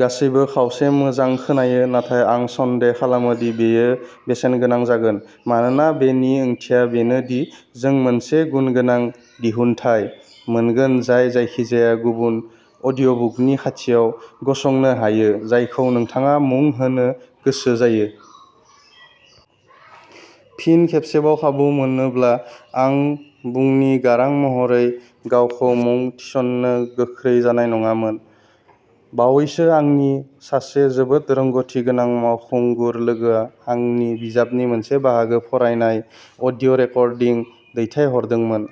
गासैबो खावसे मोजां खोनायो। नाथाय आं सन्देह खालामो दि बेयो बेसेनगोनां जागोन, मानोना बेनि ओंथिया बेनो दि जों मोनसे गुनगोनां दिहुनथाय मोनगोन जाय जायखिजाया गुबुन अडिअ'बुकनि खाथियाव गसंनो हायो जायखौ नोंथाङा मुं होनो गोसो जायो। फिन खेबसेबाव खाबु मोनोब्ला, आं बुन्नि गारां महरै गावखौ मुं थिसन्नो गोख्रै जानाय नङामोन। बावैसो आंनि सासे जोबोद रोंग'थिगोनां फावखुंगुर लोगोआ आंनो बिजाबनि मोनसे बाहागो फरायनाय अडिअ'रेकर्डिं दैथायहरदोंमोन,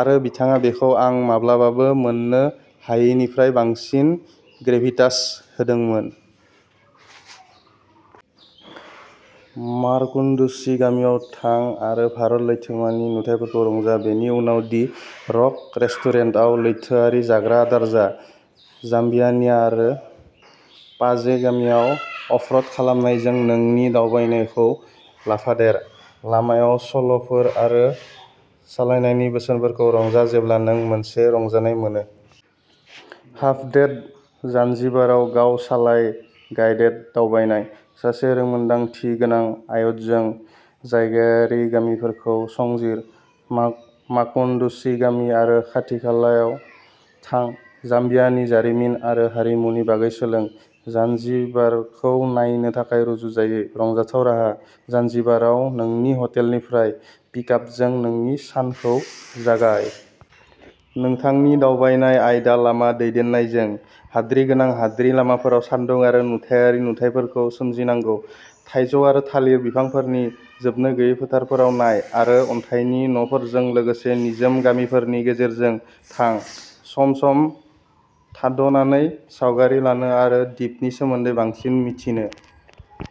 आरो बिथाङा बेखौ आं माब्लाबाबो मोननो हायैनिफ्राय बांसिन ग्रेभिटास होदोंमोन। माकुन्डुचि गामियाव थां आरो भारत लैथोमानि नुथायफोरखौ रंजा, बेनि उनाव दि रक रेस्टुरेन्टआव लैथोआरि जाग्रा आदार जा। जाम्बियानि आरो पाजे गामियाव अफ-र'ड सालायनायजों नोंनि दावबायनायखौ लाफादेर। लामायाव सल'फोर आरो सालायनायनि बोसोनफोरखौ रंजा जेब्ला नों मोनसे रंजानाय मोनो। हाफ डे, जानजिबाराव गाव-सालाय गाइडेड दावबायनाय। सासे रोंमोन्दांथि गोनां गाइडजों जायगायारि गामिफोरखौ संजिर। माकुन्डुचि गामि आरो खाथिखालायाव थां। जाम्बियानिनि जारिमिन आरो हारिमुनि बागै सोलों। जानजिबारखौ नायनो थाखाय रुजुजायै, रंजाथाव राहा। जानजिबाराव नोंनि हटेलनिफ्राय पिकआपजों नोंनि सानखौ जागाय। नोंथांनि दावबायनाय गाइदा लामा दैदेननायजों, हाद्रि गोनां हाद्रि लामाफोराव सानदुं आरो नुथायारि नुथायफोरखौ सोमजिनांगौ। थाइजौ आरो थालिर बिफांफोरनि जोबनो गैयै फोथारफोराव नाय, आरो अन्थाइनि न'फोरजों लोगोसे निजोम गामिफोरनि गेजेरजों थां, सम-सम थाद'नानै सावगारि लानो आरो दिपनि सोमोन्दै बांसिन मिथिनो।